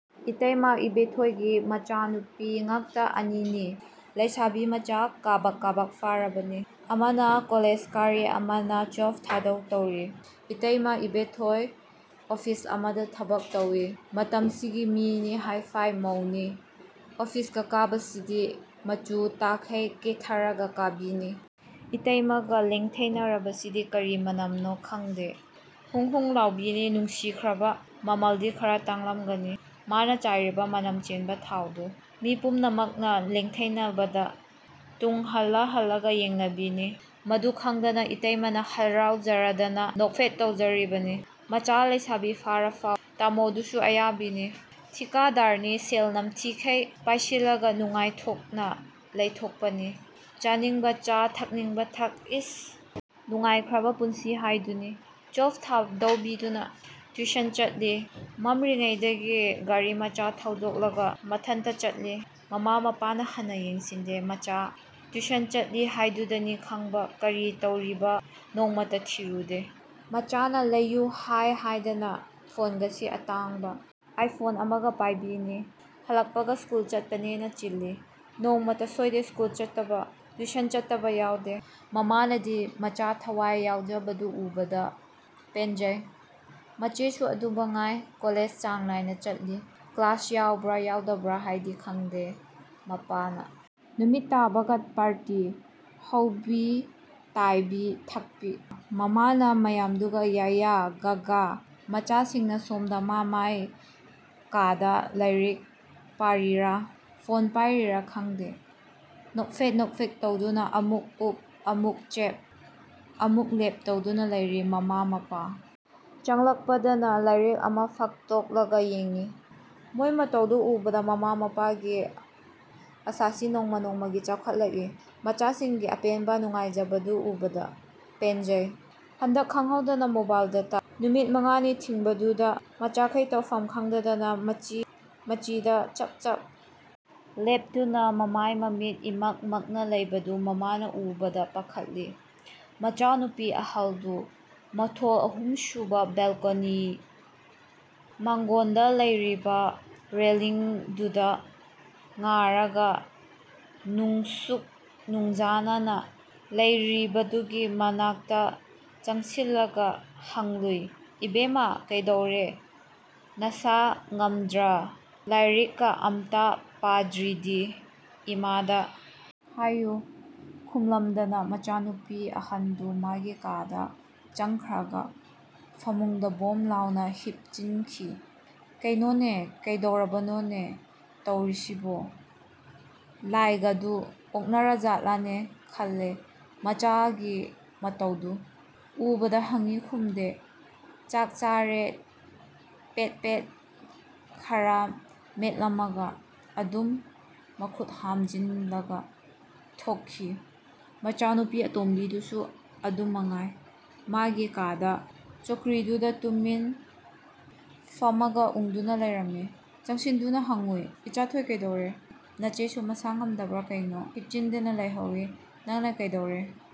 ꯏꯇꯩꯃ ꯏꯕꯦꯊꯣꯏꯒꯤ ꯃꯆꯥꯅꯨꯄꯤ ꯉꯥꯛꯇ ꯑꯅꯤꯅꯤ꯫ ꯂꯩꯁꯥꯕꯤ ꯃꯆꯥ ꯀꯥꯕꯛ ꯀꯥꯕꯛ ꯐꯥꯔꯕꯅꯤ꯫ ꯑꯃꯅ ꯀꯣꯂꯦꯖ ꯀꯥꯔꯤ ꯑꯃꯅ ꯇꯨꯌꯦꯜꯐ ꯊꯥꯗꯧ ꯇꯧꯔꯤ꯫ ꯏꯇꯩꯃ ꯏꯕꯦꯊꯣꯏ ꯑꯣꯐꯤꯁ ꯑꯃꯗ ꯊꯕꯛ ꯇꯧꯏ ꯃꯇꯝꯁꯤꯒꯤ ꯃꯤꯅꯤ ꯍꯥꯏ-ꯐꯥꯏ ꯃꯧꯅꯤ꯫ ꯑꯣꯐꯤꯁꯀ ꯀꯥꯕꯁꯤꯗꯤ ꯃꯆꯨꯝ ꯇꯥꯈꯩ ꯀꯦꯊꯔꯒ ꯀꯥꯕꯤꯅꯤ꯫ ꯏꯇꯩꯃꯒ ꯂꯦꯡꯊꯩꯅꯔꯕꯁꯤꯗꯤ ꯀꯔꯤ ꯃꯅꯝꯅꯣ ꯈꯪꯗꯦ ꯍꯨꯡ ꯍꯨꯡ ꯂꯥꯎꯕꯤꯅꯤ ꯅꯨꯡꯁꯤꯈ꯭ꯔꯕ ꯃꯃꯜꯗꯤ ꯈꯔ ꯇꯥꯡꯂꯝꯒꯅꯤ ꯃꯥꯅ ꯆꯥꯏꯔꯤꯕ ꯃꯅꯝ ꯆꯦꯟꯕ ꯊꯥꯎꯗꯨ꯫ ꯃꯤ ꯄꯨꯝꯅꯃꯛꯅ ꯂꯦꯡꯊꯩꯅꯕꯗ ꯇꯨꯡ ꯍꯜꯂ ꯍꯜꯂꯒ ꯌꯦꯡꯅꯕꯤꯅꯤ꯫ ꯃꯗꯨ ꯈꯪꯕꯗ ꯏꯇꯩꯃꯅ ꯍꯔꯥꯎꯖꯔꯗꯅ ꯅꯣꯛꯐꯦꯠ ꯇꯧꯖꯔꯤꯕꯅꯤ ꯃꯆꯥ ꯂꯩꯁꯥꯕꯤ ꯐꯥꯔꯐꯥꯎ꯫ ꯇꯥꯃꯣꯗꯨꯁꯨ ꯑꯌꯥꯕꯤꯅꯤ꯫ ꯊꯤꯀꯥꯗꯥꯔꯅꯤ ꯁꯦꯜ ꯅꯝꯊꯤꯈꯩ ꯄꯥꯏꯁꯤꯜꯂꯒ ꯅꯨꯉꯥꯢꯊꯣꯛꯅ ꯂꯩꯊꯣꯛꯄꯅꯤ꯫ ꯆꯥꯅꯤꯡꯕ ꯆꯥ ꯊꯛꯅꯤꯡꯕ ꯊꯥꯛ ꯏꯁ! ꯅꯨꯡꯉꯥꯏꯈ꯭ꯔꯕ ꯄꯨꯟꯁꯤ ꯍꯥꯏꯗꯨꯅꯤ꯫ ꯇꯨꯌꯦꯜꯐ ꯊꯥꯗꯧꯕꯤꯗꯨꯗꯤ ꯇ꯭ꯌꯨꯁꯟ ꯆꯠꯂꯤ꯫ ꯃꯝꯂꯤꯉꯩꯗꯒꯤ ꯒꯥꯔꯤ ꯃꯆꯥ ꯑꯃ ꯊꯧꯗꯣꯛꯂꯒ ꯃꯊꯟꯇ ꯆꯠꯂꯤ꯫ ꯃꯃꯥ ꯃꯄꯥꯅ ꯍꯟꯅ ꯌꯦꯡꯁꯤꯟꯗꯦ ꯃꯆꯥ ꯇ꯭ꯌꯨꯁꯟ ꯆꯠꯂꯤꯅꯤ ꯍꯥꯏꯗꯨꯗꯅꯤ ꯈꯪꯏꯕ ꯀꯔꯤ ꯇꯧꯔꯤꯕ ꯅꯣꯡꯃꯇ ꯊꯤꯔꯨꯗꯦ꯫ ꯃꯆꯥꯅ ꯂꯩꯌꯨ ꯍꯥꯏ ꯍꯥꯏꯗꯅ ꯐꯣꯟꯒꯁꯤ ꯑꯇꯥꯡꯕ ꯑꯥꯏ ꯐꯣꯟ ꯑꯃꯒ ꯄꯥꯏꯕꯤꯅꯤ꯫ ꯍꯜꯂꯛꯄꯒ ꯁ꯭ꯀꯨꯜ ꯆꯠꯄꯅꯦꯅ ꯆꯤꯂꯤ꯫ ꯅꯣꯡꯃꯇ ꯁꯣꯏꯗꯦ ꯁ꯭ꯀꯨꯜ ꯆꯠꯇꯕ ꯇ꯭ꯌꯨꯁꯟ ꯆꯠꯇꯕ ꯌꯥꯎꯗꯦ꯫ ꯃꯃꯥꯅꯗꯤ ꯃꯆꯥꯅ ꯊꯋꯥꯏ ꯌꯥꯎꯖꯕꯗꯨ ꯎꯕꯗ ꯄꯦꯟꯖꯩ꯫ ꯃꯆꯦꯁꯨ ꯑꯗꯨꯃꯉꯥꯏ ꯀꯣꯂꯦꯖ ꯆꯥꯡ ꯅꯥꯏꯅ ꯆꯠꯂꯤ ꯀ꯭ꯂꯥꯁ ꯌꯥꯎꯕ꯭ꯔ ꯌꯥꯎꯗꯕ꯭ꯔ ꯍꯥꯏꯕꯗꯤ ꯈꯪꯗꯦ꯫ ꯃꯄꯥꯅ ꯅꯨꯃꯤꯠ ꯇꯥꯕꯒ ꯄꯥꯔꯇꯤ ꯍꯧꯕꯤ ꯇꯥꯏꯕꯤ ꯊꯛꯄꯤ꯫ ꯃꯃꯥꯅ ꯃꯌꯥꯝꯗꯨꯒ ꯌꯥ-ꯌꯥ ꯒꯥ-ꯒꯥ꯫ ꯃꯆꯥꯁꯤꯡꯅ ꯁꯣꯝꯗ ꯃꯥꯏ ꯃꯥꯏ ꯀꯥꯗ ꯂꯥꯏꯔꯤꯛ ꯄꯥꯔꯤꯔ ꯐꯣꯟ ꯄꯥꯔꯤꯔ ꯈꯪꯗꯦ ꯅꯣꯛꯐꯦꯠ ꯅꯣꯛꯐꯦꯠ ꯇꯧꯗꯨꯅ ꯑꯃꯨꯛ ꯎꯞ ꯑꯃꯨꯛ ꯆꯦꯞ ꯑꯃꯨꯛ ꯂꯦꯞ ꯇꯧꯗꯨꯅ ꯂꯩꯔꯤ꯫ ꯃꯃꯥ ꯃꯄꯥ ꯆꯪꯂꯛꯄꯗꯅ ꯂꯥꯏꯔꯛ ꯑꯃ ꯐꯥꯛꯇꯣꯛꯂꯒ ꯌꯦꯡꯏ꯫ ꯃꯣꯏ ꯃꯇꯧꯗꯨ ꯎꯕꯗ ꯃꯃꯥ ꯃꯄꯥꯒꯤ ꯑꯥꯁꯥꯁꯤ ꯅꯣꯡꯃ ꯅꯣꯡꯃꯒꯤ ꯆꯥꯎꯈꯠꯂꯛꯏ꯫ ꯃꯆꯥꯁꯤꯡꯒꯤ ꯑꯄꯦꯟꯕ ꯅꯨꯡꯉꯥꯏꯖꯕꯗꯨ ꯎꯕꯗ ꯄꯦꯟꯖꯩ꯫ ꯍꯟꯗꯛ ꯈꯪꯍꯧꯗꯅ ꯃꯣꯕꯥꯏꯜ ꯗꯦꯇꯥ ꯅꯨꯃꯤꯠ ꯃꯉꯥꯅꯤ ꯊꯤꯡꯕꯗꯨꯗ ꯃꯆꯥꯈꯩ ꯇꯧꯐꯝ ꯈꯪꯗꯗꯅ ꯃꯆꯤ ꯃꯆꯤꯗ ꯆꯞ ꯆꯞ ꯂꯦꯞꯇꯨꯅ ꯃꯃꯥꯏ ꯃꯃꯤꯠ ꯏꯃꯛ ꯃꯛꯅ ꯂꯩꯕꯗꯨ ꯎꯕꯗ ꯃꯃꯥꯅ ꯄꯥꯈꯠꯂꯤ꯫ ꯃꯆꯥ ꯅꯨꯄꯤ ꯑꯍꯜꯗꯨ ꯃꯊꯣꯜ ꯑꯍꯨꯝꯁꯨꯕꯒꯤ ꯕꯦꯜꯀꯣꯅꯤ ꯃꯥꯡꯒꯣꯜꯗ ꯂꯩꯔꯤꯕ ꯔꯦꯂꯤꯡꯗꯨꯗ ꯉꯥꯔꯒ ꯅꯨꯡꯁꯨꯛ ꯅꯨꯡꯖꯥꯅꯅ ꯂꯩꯔꯤꯕꯗꯨꯒꯤ ꯃꯅꯥꯛꯇ ꯆꯪꯁꯤꯜꯂꯒ ꯍꯪꯂꯨꯏ ꯏꯕꯦꯝꯃ ꯀꯩꯗꯧꯔꯦ ꯅꯁꯥ ꯉꯝꯗꯕ꯭ꯔ ꯂꯥꯏꯔꯤꯛꯀ ꯑꯃꯠꯇ ꯄꯥꯗ꯭ꯔꯗꯤ ꯏꯃꯥꯗ ꯍꯥꯏꯌꯨ꯫ꯈꯨꯝꯃꯝꯗꯅ ꯃꯆꯥꯅꯨꯄꯤ ꯑꯍꯜꯗꯨ ꯃꯥꯒꯤ ꯀꯥꯗ ꯆꯪꯈ꯭ꯔꯒ ꯐꯃꯨꯡꯗ ꯕꯣꯝ ꯂꯥꯎꯅ ꯍꯤꯞꯆꯤꯟꯈꯤ꯫ ꯀꯩꯅꯣꯅꯦ ꯀꯩꯗꯧꯔꯕꯅꯣꯅꯦ ꯇꯧꯔꯤꯁꯤꯕꯣ ꯂꯥꯏꯒꯥꯏꯗꯨ ꯑꯣꯛꯅꯔꯖꯥꯠꯂꯅꯦ ꯈꯜꯂꯤ ꯃꯆꯥꯒꯤ ꯃꯇꯧꯗꯨ ꯎꯕꯗ ꯍꯪꯏ ꯈꯨꯝꯗꯦ ꯆꯥꯛ ꯆꯥꯔꯦ ꯄꯦꯠ ꯄꯦꯠ ꯈꯔ ꯃꯦꯠꯂꯝꯃꯒ ꯑꯗꯨꯝ ꯃꯈꯨꯠ ꯍꯥꯝꯖꯤꯜꯂꯒ ꯊꯣꯛꯈꯤ꯫ ꯃꯆꯥꯅꯨꯄꯤ ꯑꯇꯣꯟꯕꯤꯗꯨꯁꯨ ꯑꯗꯨ ꯃꯉꯥꯏ ꯃꯥꯒꯤ ꯀꯥꯒꯤ ꯆꯧꯀ꯭ꯔꯤꯗꯨꯗ ꯇꯨꯃꯤꯟ ꯐꯝꯃꯒ ꯎꯪꯗꯨꯅ ꯂꯩꯔꯝꯃꯤ꯫ ꯆꯪꯁꯤꯟꯗꯨꯅꯕꯨ ꯍꯪꯂꯨꯏ ꯏꯆꯥꯊꯣꯏ ꯀꯩꯗꯧꯔꯦ ꯅꯆꯦꯁꯨ ꯃꯁꯥ ꯉꯝꯗꯕ꯭ꯔ ꯀꯩꯅꯣ ꯍꯤꯞꯆꯤꯟꯗꯅ ꯂꯩꯍꯧꯏ꯫ ꯅꯪꯅ ꯀꯩꯗꯧꯔꯦ?